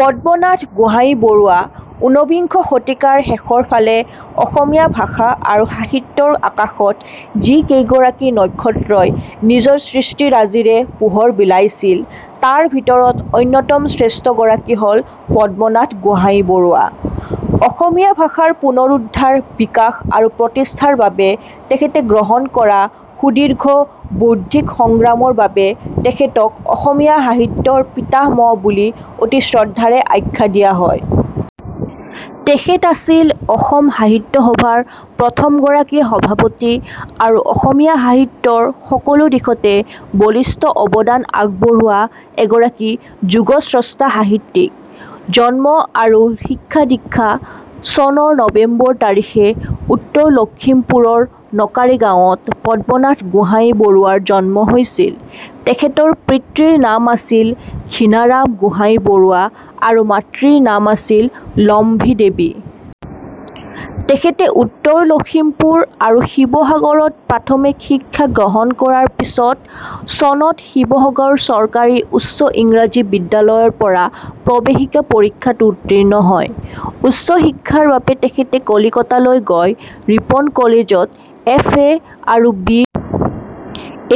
পদ্মনাথ গোহাঞিবৰুৱা উনবিংশ শতিকাৰ শেষৰফালে অসমীয়া ভাষা আৰু সাহিত্যৰ আকাশত যি কেইগৰাকী নক্ষত্ৰই নিজৰ সৃষ্টিৰাজিৰে পোহৰ বিলাইছিল, তাৰ ভিতৰত অন্যতম শ্ৰেষ্ঠ গৰাকী হ'ল পদ্মনাথ গোহাঞিবৰুৱা। অসমীয়া ভাষাৰ পুনৰুদ্ধাৰ, বিকাশ আৰু প্ৰতিষ্ঠাৰ বাবে তেখেতে গ্ৰহণ কৰা সুদীৰ্ঘ বৌদ্ধিক সংগ্ৰামৰ বাবে তেখেতক 'অসমীয়া সাহিত্যৰ পিতামহ' বুলি অতি শ্ৰদ্ধাৰে আখ্যা দিয়া হয়। তেখেত আছিল অসম সাহিত্য সভাৰ প্ৰথমগৰাকী সভাপতি আৰু অসমীয়া সাহিত্যৰ সকলো দিশতে বলিষ্ঠ অৱদান আগবঢ়োৱা এগৰাকী যুগস্ৰষ্টা সাহিত্যিক। জন্ম আৰু শিক্ষা-দীক্ষা: চনৰ নৱেম্বৰ তাৰিখে উত্তৰ লখিমপুৰৰ নকাৰী গাঁৱত পদ্মনাথ গোহাঞিবৰুৱাৰ জন্ম হৈছিল। তেখেতৰ পিতৃৰ নাম আছিল ঘীণাৰাম গোহাঞিবৰুৱা আৰু মাতৃৰ নাম আছিল লম্ভী দেৱী। তেখেতে উত্তৰ লখিমপুৰ আৰু শিৱসাগৰত প্ৰাথমিক শিক্ষা গ্ৰহণ কৰাৰ পিছত চনত শিৱসাগৰ চৰকাৰী উচ্চ ইংৰাজী বিদ্যালয়ৰ পৰা প্ৰৱেশিকা পৰীক্ষাত উত্তীৰ্ণ হয়। উচ্চ শিক্ষাৰ বাবে তেখেতে কলিকতালৈ গৈ ৰিপন কলেজত এফ. এ. আৰু বি.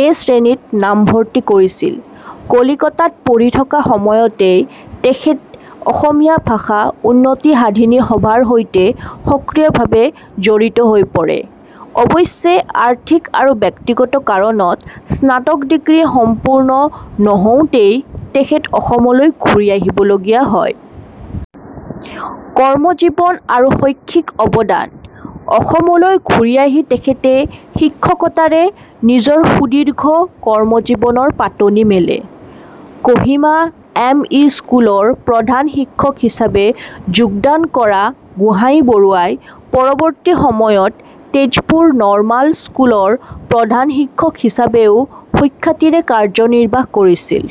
এ. শ্ৰেণীত নামভৰ্তি কৰিছিল। কলিকতাত পঢ়ি থকা সময়তেই তেখেত 'অসমীয়া ভাষা উন্নতি সাধিনী সভা'ৰ সৈতে সক্ৰিয়ভাৱে জড়িত হৈ পৰে। অৱশ্যে আৰ্থিক আৰু ব্যক্তিগত কাৰণত স্নাতক ডিগ্ৰী সম্পূৰ্ণ নৌহওঁতেই তেখেত অসমলৈ ঘূৰি আহিবলগীয়া হয়। কৰ্মজীৱন আৰু শৈক্ষিক অৱদান: অসমলৈ ঘূৰি আহি তেখেতে শিক্ষকতাৰে নিজৰ সুদীৰ্ঘ কৰ্মজীৱনৰ পাতনি মেলে। কহিমা এম. ই. স্কুলৰ প্ৰধান শিক্ষক হিচাপে যোগদান কৰা গোহাঞিবৰুৱাই পৰৱৰ্তী সময়ত তেজপুৰ নৰ্মাল স্কুলৰ প্ৰধান শিক্ষক হিচাপেও সুখ্যাতিৰে কাৰ্যনিৰ্বাহ কৰিছিল।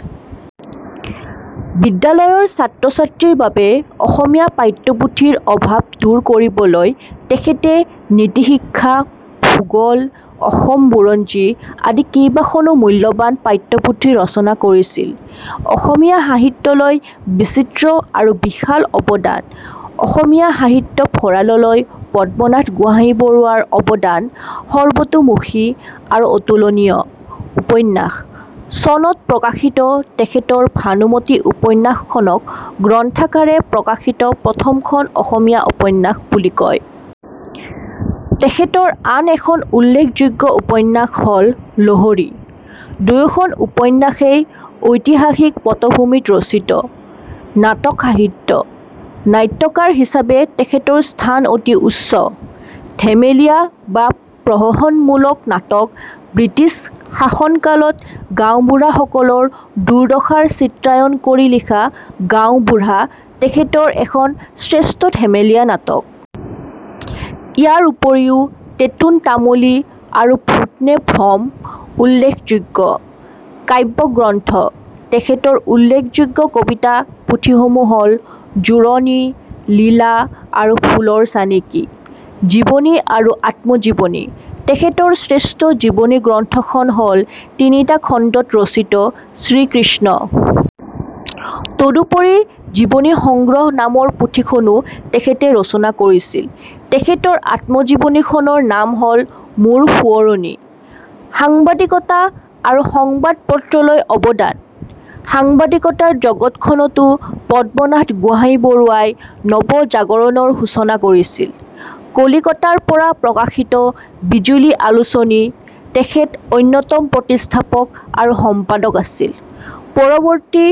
বিদ্যালয়ৰ ছাত্ৰ-ছাত্ৰীৰ বাবে অসমীয়া পাঠ্যপুথিৰ অভাৱ দূৰ কৰিবলৈ তেখেতে 'নীতি-শিক্ষা', 'ভূগোল', 'অসম বুৰঞ্জী' আদি কেইবাখনো মূল্যৱান পাঠ্যপুথি ৰচনা কৰিছিল। অসমীয়া সাহিত্যলৈ বিচিত্ৰ আৰু বিশাল অৱদান: অসমীয়া সাহিত্য ভঁৰাললৈ পদ্মনাথ গোহাঞিবৰুৱাৰ অৱদান সৰ্বতোমুখী আৰু অতুলনীয়: উপন্যাস: চনত প্ৰকাশিত তেখেতৰ 'ভানুমতী' উপন্যাসখনক গ্ৰন্থাকাৰে প্ৰকাশিত প্ৰথমখন অসমীয়া উপন্যাস বুলি কোৱা হয়। তেখেতৰ আন এখন উল্লেখযোগ্য উপন্যাস হ'ল 'লহৰী'। দুয়োখন উপন্যাসেই ঐতিহাসিক পটভূমিত ৰচিত। নাটক সাহিত্য: নাট্যকাৰ হিচাপে তেখেতৰ স্থান অতি উচ্চ। ধেমেলীয়া বা প্ৰহসনমূলক নাটক: ব্ৰিটিছ শাসনকালত গাঁওবুঢ়াসকলৰ দুৰ্দশাৰ চিত্ৰায়ণ কৰি লিখা 'গাঁওবুঢ়া' তেখেতৰ এখন শ্ৰেষ্ঠ ধেমেলীয়া নাটক। ইয়াৰ উপৰিও 'টেটোন তামুলী' আৰু 'ভূত নে ভ্ৰম' উল্লেখযোগ্য। কাব্য গ্ৰন্থ: তেখেতৰ উল্লেখযোগ্য কবিতা পুথিসমূহ হ'ল— 'জুৰণি', 'লীলা' আৰু 'ফুলৰ চানেকি'। জীৱনী আৰু আত্মজীৱনী: তেখেতৰ শ্ৰেষ্ঠ জীৱনী গ্ৰন্থখন হ'ল তিনিটা খণ্ডত ৰচিত 'শ্ৰীকৃষ্ণ'। তদুপৰি 'জীৱনী সংগ্ৰহ' নামৰ পুথিখনো তেখেতে ৰচনা কৰিছিল। তেখেতৰ আত্মজীৱনীখনৰ নাম হ'ল 'মোৰ সোঁৱৰণী'। সাংবাদিকতা আৰু সংবাদ পত্ৰলৈ অৱদান: সাংবাদিকতাৰ জগতখনতো পদ্মনাথ গোহাঞিবৰুৱাই নৱজাগৰণৰ সূচনা কৰিছিল: কলিকতাৰ পৰা প্ৰকাশিত 'বিজুলী' আলোচনীৰ তেখেত অন্যতম প্ৰতিষ্ঠাপক আৰু সম্পাদক আছিল। পৰৱৰ্তী